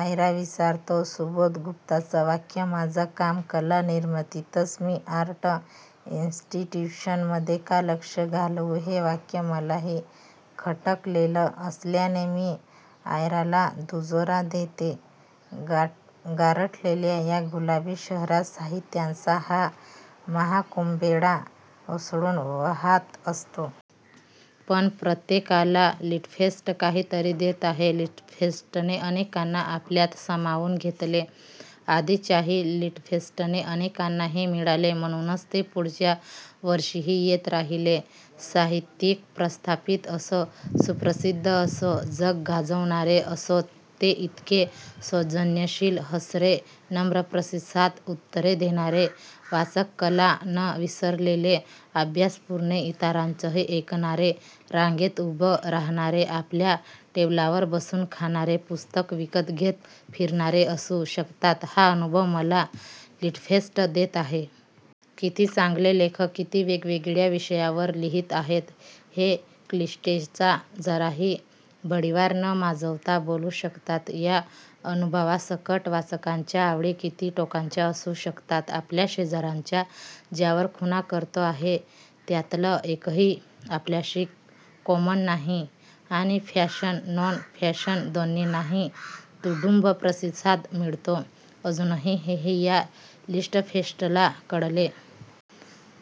आयरा विचारतो. सुबोध गुप्ताचं वाक्य माझं काम कला निर्मितीचं, मी आर्ट इन्स्टीट्यूशन मधे का लक्ष घालवू हे वाक्य मलाही खटकलेलं असल्याने मी आयराला दुजोरा देते. गारठलेल्या या गुलाबी शहरात साहित्याचा हा महाकुंभमेळा ओसंडून वहात असतो. पण प्रत्येकाला लिटफ़ेस्ट काहीतरी देतं आहे. लिटफ़ेस्टने अनेकांना आपल्यात सामावून घेतले. आधीच्याही लिटफ़ेस्टने अनेकांना हे मिळाले म्हणूनच ते पुढच्या वर्षीही येत राहीले. साहित्यिक प्रस्थापित असो, सुप्रसिद्ध असो, जग गाजवणारे असोत.. ते इतके सौजन्यशील, हसरे, नम्र प्रतिसाद, उत्तरे देणारे, वाचकाला न विसरलेले, अभ्यासूपणे इतरांचंही ऐकणारे, रांगेत उभं रहाणारे, आपल्या टेबलावर बसून खाणारे, पुस्तकं विकत घेत फ़िरणारे असू शकतात हा अनुभव मला लिटफ़ेस्ट देत आहे. किती चांगले लेखक, किती वेगवेगळ्या विषयांवर लिहित आहेत, ते क्लिष्टतेचा जराही बडिवार न माजवता बोलू शकतात, या अनुभवासकट. वाचकांच्या आवडी किती टोकाच्या असू शकतात. आपल्या शेजारचा ज्यावर खूणा करतो आहे त्यातलं एकही आपल्याशी कॉमन नाही, आणि फ़िक्शन, नॉन फ़िक्शन दोन्हीनाही तुडुंब प्रतिसाद मिळतो अजूनही हेही या लिटफ़ेस्टला कळले.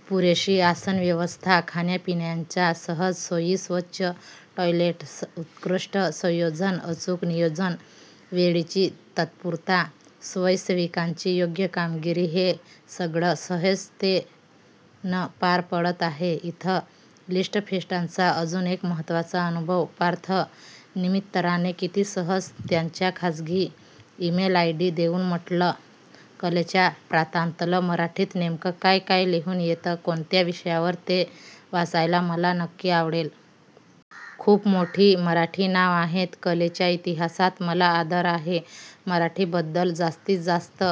पुरेशी आसन व्यवस्था, खाण्या-पिण्याच्या सहज सोयी, स्वच्छ टॉयलेट्स, उत्कृष्ट संयोजन, अचूक नियोजन, वेळेची तत्परता, स्वयंसेवकांची योग्य कामगिरी हे सगळं सहजतेनं पार पडत आहे इथे. लिटफ़ेस्टचा अजून एक महत्वाचा अनुभव. पार्थ मित्तरने किती सहज त्याचा खाजगी इमेल आयडी देऊन म्हटलं, कलेच्या प्रांतातलं मराठीत नेमकं काय काय लिहून येतं, कोणत्या विषयांवर ते वाचायला मला नक्की आवडेल. खूप मोठी मराठी नावं आहेत कलेच्या इतिहासात. मला आदर आहे मराठीबद्दल. जास्तीतजास्त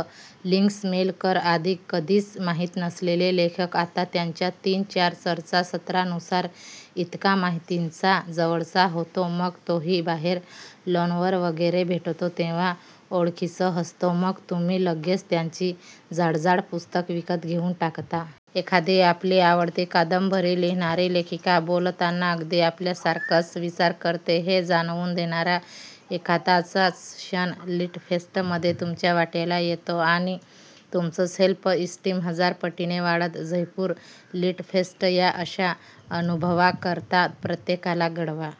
लिंक्स मेल कर. आधी कधीच माहीत नसलेले लेखक, आता त्यांच्या तीन-तीन चर्चासत्रांनंतर इतका माहितीचा, जवळचा होतो, मग तोही बाहेर लॉनवर वगैरे भेटतो तेव्हा ओळखीचं हसतो, मग तुम्ही लगेच त्याची जाडजाड पुस्तकं विकत घेऊन टाकता. एखादी आपली आवडती कादंबरी लिहिणारी लेखिका बोलताना अगदी आपल्यासारखाच विचार करते हे जाणवून देणारा एखादाच क्षण लिटफ़ेस्टमधे तुमच्या वाट्याला येतो आणि तुमचं सेल्फ़ एस्टीम हजार पटींने वाढतं. जयपूर लिटफ़ेस्ट या अशा अनुभवांकरता प्रत्येकाला घडावा.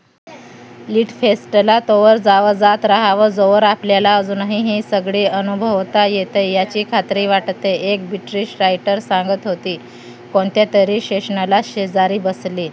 लिटफ़ेस्टला तोवर जावं, जात रहावं जोवर आपल्याला अजूनही हे सगळं अनुभवता येतय याची खात्री वाटते. एक ब्रिटिश रायटर सांगत होती कोणत्यातरी सेशनला शेजारी बसली